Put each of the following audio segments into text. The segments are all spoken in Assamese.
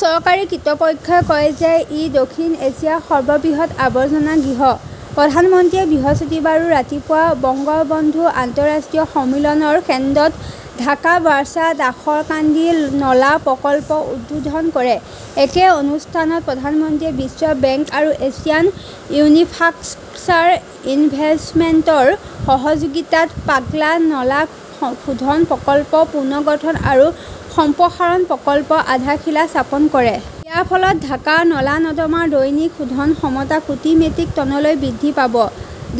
চৰকাৰী কৰ্তৃপক্ষই কয় যে ই দক্ষিণ এছিয়াৰ সৰ্ববৃহৎ আৱৰ্জনাগৃহ। প্ৰধানমন্ত্ৰীয়ে বৃহস্পতিবাৰে ৰাতিপুৱা বঙ্গবন্ধু আন্তঃৰাষ্ট্ৰীয় সন্মিলন কেন্দ্ৰত ঢাকা ৱাছাৰ দাসৰকান্দি নলা প্ৰকল্প উদ্বোধন কৰে। একে অনুষ্ঠানত প্ৰধানমন্ত্ৰীয়ে বিশ্ব বেংক আৰু এছিয়ান ইনফ্ৰাষ্ট্ৰাকচাৰ ইনভেষ্টমেণ্ট ৰ সহযোগিতাত পাগলা নলা শোধন প্ৰকল্পৰ পুনৰ্গঠন আৰু সম্প্ৰসাৰণ প্ৰকল্পৰ আধাৰশিলা স্থাপন কৰে। ইয়াৰ ফলত ঢাকাৰ নলা-নৰ্দমাৰ দৈনিক শোধন ক্ষমতা কোটি মেট্ৰিক টনলৈ বৃদ্ধি পাব।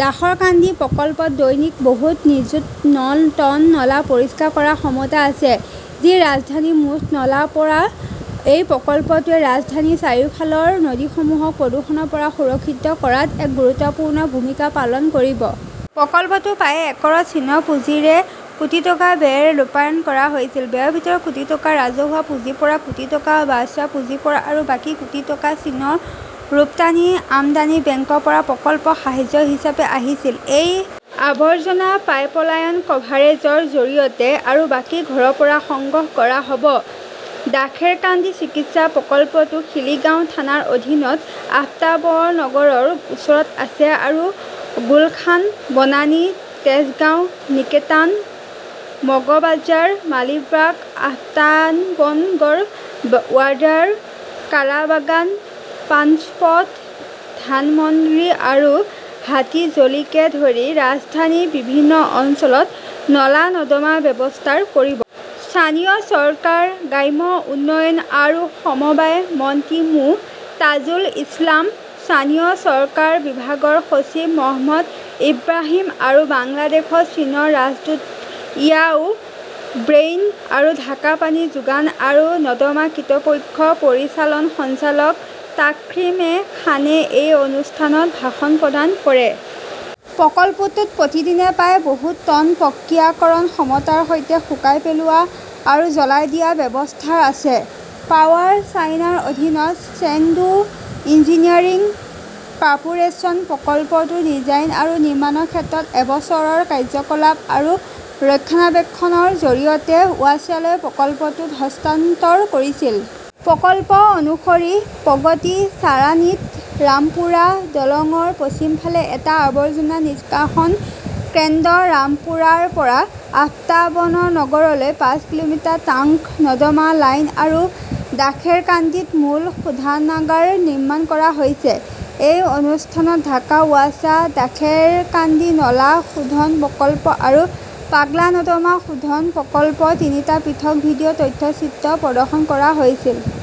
দাসৰকান্দি প্ৰকল্পত দৈনিক বহুত নিযুত টন নলা পৰিষ্কাৰ কৰাৰ ক্ষমতা আছে, যি ৰাজধানীৰ মুঠ নলাৰ ৰ পৰা। এই প্ৰকল্পটোৱে ৰাজধানীৰ চাৰিওফালৰ নদীসমূহক প্ৰদূষণৰ পৰা সুৰক্ষিত কৰাত এক গুৰুত্বপূৰ্ণ ভূমিকা পালন কৰিব। প্ৰকল্পটো প্ৰায় একৰত চীনৰ পুঁজিৰে কোটি টকা ব্যয়েৰে ৰূপায়ণ কৰা হৈছিল। ব্যয়ৰ ভিতৰত কোটি টকা ৰাজহুৱা পুঁজিৰ পৰা, কোটি টকা ৱাছা পুঁজিৰ পৰা আৰু বাকী কোটি টকা চীনৰ ৰপ্তানি-আমদানি বেংকৰ পৰা প্ৰকল্প সাহায্য হিচাপে আহিছিল। এই আৱৰ্জনাৰ পাইপলাইন কভাৰেজৰ জৰিয়তে আৰু বাকী ঘৰৰ পৰা সংগ্ৰহ কৰা হ 'ব। দাশেৰকান্দি চিকিৎসা প্ৰকল্পটো খিলগাঁও থানাৰ অধীনত আফতাবনগৰৰ ওচৰত আছে আৰু গুলশান, বনানী, তেজগাঁও, নিকেতান, মগবাজাৰ, মালিবাগ, আফতাবনগৰ, বাড্ডা, কালাবাগান, পান্থপথ, ধানমন্ডি আৰু হাতীৰঝিলকে ধৰি ৰাজধানীৰ বিভিন্ন অঞ্চলত নলা-নৰ্দমাৰ ব্যৱস্থা কৰিব। স্থানীয় চৰকাৰ, গ্ৰাম্য উন্নয়ন আৰু সমবায় মন্ত্ৰী মো. তাজুল ইছলাম, স্থানীয় চৰকাৰ বিভাগৰ সচিব মহম্মদ ইব্ৰাহিম আৰু বাংলাদেশত চীনৰ ৰাষ্ট্ৰদূত ইয়াও ৱেইন আৰু ঢাকা পানী যোগান আৰু নৰ্দমা কৰ্তৃপক্ষৰ পৰিচালন সঞ্চালক তাকসিম এ খানে এই অনুষ্ঠানত ভাষণ প্ৰদান কৰে। প্ৰকল্পটোত প্ৰতিদিনে প্ৰায় বহুত টন প্ৰক্ৰিয়াকৰণ ক্ষমতাৰ সৈতে শুকাই পেলোৱা আৰু জ্বলাই দিয়াৰ ব্যৱস্থা আছে। পাৱাৰ চাইনাৰ অধীনত চেংডু ইঞ্জিনিয়াৰিং কৰ্পোৰেচনে প্ৰকল্পটোৰ ডিজাইন আৰু নিৰ্মাণৰ শেষত এবছৰৰ কাৰ্য্যকলাপ আৰু ৰক্ষণাবেক্ষণৰ জৰিয়তে ৱাছালৈ প্ৰকল্পটো হস্তান্তৰ কৰিছিল। প্ৰকল্প অনুসৰি, প্ৰগতি ছাৰানীত ৰামপুৰা দলংৰ পশ্চিম ফালে এটা আৱৰ্জনা নিষ্কাশন কেন্দ্ৰ, ৰামপুৰাৰ পৰা আফতাবনগৰলৈ পাঁচ কিলোমিটাৰ ট্ৰাংক নৰ্দমা লাইন আৰু দাশেৰকাণ্ডীত মূল শোধনাগাৰ নিৰ্মাণ কৰা হৈছে। এই অনুষ্ঠানত ঢাকা ৱাছা, দাশেৰকান্দি নলা শোধন প্ৰকল্প আৰু পাগলা নৰ্দমা শোধন প্ৰকল্পৰ তিনিটা পৃথক ভিডিঅ 'তথ্যচিত্ৰ প্ৰদৰ্শন কৰা হৈছিল।